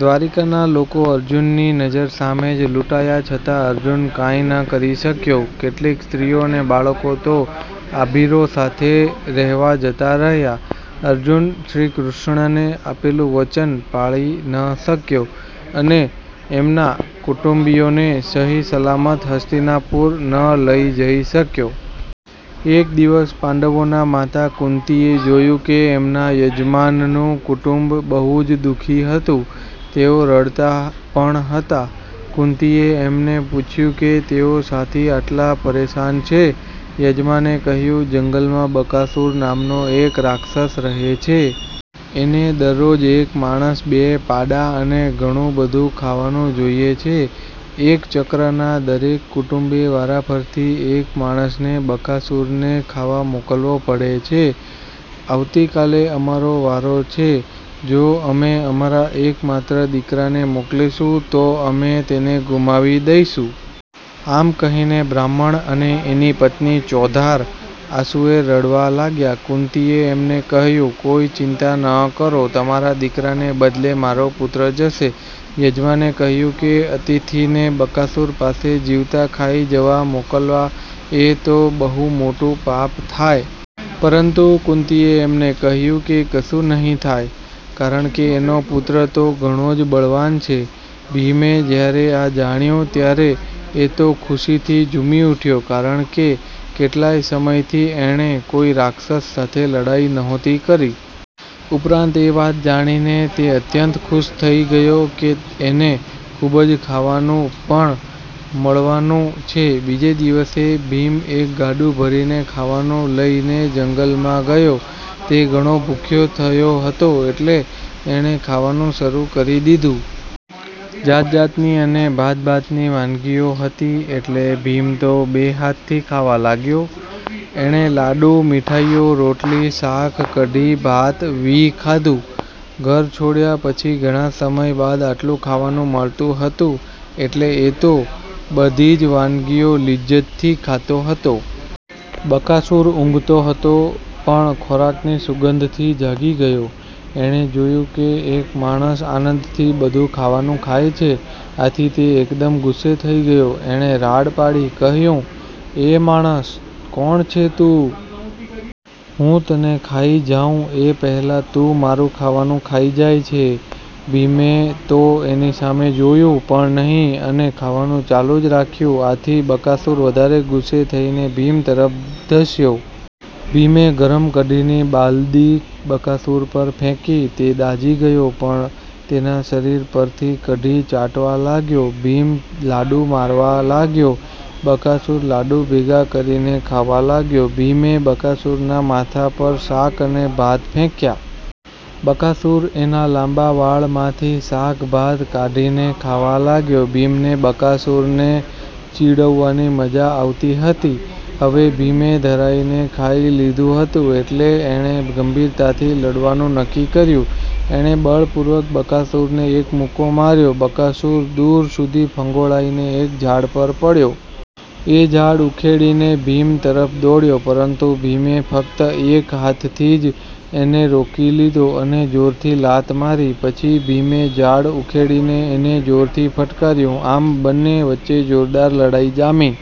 દ્વારિકાના લોકો અર્જુનની નજર સામે જ લુંટાયા છતાં અર્જુન કાંઈ ન કરી શક્યો! કેટલીક સ્ત્રીઓ અને બાળકો તો। આભીરો સાથે રહેવા જતા રહ્યા. અર્જુન શ્રીકૃષ્ણને આપેલું વચન પાળી ન શક્યો અને એમના કુટુંબીઓને સહી સલામત હસ્તિનાપુર ન લઇ જઈ શક્યો. એક દિવસ પાંડવોના માતા કુંતીએ જોયું કે એમના યજમાનનું કુટુંબ બહુ જ દુ:ખી હતું. તેઓ રડતા પણ હતા. કુંતીએ એમને પૂછ્યું કે તેઓ શાથી આટલા પરેશાન છે? યજમાને કહ્યું, "જંગલમાં બકાસુર નામનો એક રાક્ષસ રહે છે. એને દરરોજ એક માણસ, બે પાડા અને ઘણું બધું ખાવાનું જોઈએ છે. એકચક્રના દરેક કુટુંબે વારાફરતી એક માણસને બકાસુરને ખાવા મોકલવો પડે છે. આવતીકાલે અમારો વારો છે. જો અમે અમારા એકમાત્ર દીકરાને મોકલીશું તો અમે તેને ગુમાવી દઈશું". આમ કહીને બ્રાહ્મણ અને એની પત્ની ચોધાર આંસુએ રડવા લાગ્યા. કુંતીએ એમને કહ્યું, "કોઈ ચિંતા ન કરો. તમારા દીકરાને બદલે મારો પુત્ર જશે". યજમાને કહ્યું કે અતિથીને બકાસુર પાસે જીવતા ખાઈ જવા મોકલવા એ તો બહુ મોટું પાપ થાય. પરંતુ કુંતીએ એમને કહ્યું કે કશું નહીં થાય કારણકે એનો પુત્ર તો ઘણો જ બળવાન છે. ભીમે જયારે આ જાણ્યું ત્યારે એ તો ખુશીથી ઝુમી ઉઠ્યો કારણકે કેટલાય સમયથી એણે કોઈ રાક્ષસ સાથે લડાઈ નહોતી કરી. ઉપરાંત એ વાત જાણીને તે અત્યંત ખુશ થઇ ગયો કે એને ખુબ જ ખાવાનું પણ મળવાનું છે! બીજે દિવસે ભીમ એક ગાડું ભરીને ખાવાનું લઈને જંગલમાં ગયો. તે ઘણો ભૂખ્યો થયો હતો એટલે એણે ખાવાનું શરુ કરી દીધું. જાત જાતની અને ભાત ભાતની વાનગીઓ હતી એટલે ભીમ તો બે હાથથી ખાવા લાગ્યો! એણે લાડુ, મીઠાઈઓ, રોટલી, શાક, કઢી, ભાત વિ. ખાધું. ઘર છોડ્યા પછી ઘણા સમય બાદ આટલું ખાવાનું મળતું હતું એટલે એ તો બધી જ વાનગીઓ લિજજતથી ખાતો હતો. બકાસુર ઉંઘતો હતો પણ ખોરાકની સુગંધથી જાગી ગયો. એણે જોયું કે એક માણસ આનંદથી બધું ખાવાનું ખાય છે. આથી તે એકદમ ગુસ્સે થઇ ગયો. એણે રાડ પાડી કહ્યું, "એ માણસ! કોણ છે તું? હું તને ખાઈ જાઉં એ પહેલાં તું મારું ખાવાનું ખાઈ જાય છે? " ભીમે તો એની સામે જોયું પણ નહીં અને ખાવાનું ચાલુ જ રાખ્યું. આથી બકાસુર વધારે ગુસ્સે થઈને ભીમ તરફ ધસ્યો. ભીમે ગરમ કઢીની બાલદી બકાસુર પર ફેંકી. તે દાઝી ગયો પણ તેના શરીર પરથી કઢી ચાટવા લાગ્યો. ભીમ લાડુ મારવા લાગ્યો. બકાસુર લાડુ ભેગા કરીને ખાવા લાગ્યો. ભીમે બકાસુરના માથા પર શાક અને ભાત ફેંક્યા. બકાસુર એના લાંબા વાળમાંથી શાક-ભાત કાઢીને ખાવા લાગ્યો. ભીમને, બકાસુરને ચીડવવાની મજા આવતી હતી. હવે ભીમે ધરાઈને ખાઈ લીધું હતું એટલે એણે ગંભીરતાથી લડવાનું નક્કી કર્યું. એણે બળપૂર્વક બકાસુરને એક મુક્કો માર્યો. બકાસુર દુર સુધી ફંગોળાઈને એક ઝાડ પર પડ્યો. એ ઝાડ ઉખેડીને ભીમ તરફ દોડ્યો. પરંતુ ભીમે ફક્ત એક હાથથી જ એને રોકી લીધો અને જોરથી લાત મારી. પછી ભીમે ઝાડ ઉખેડીને એને જોરથી ફટકાર્યું. આમ બંને વચ્ચે જોરદાર લડાઈ જામી.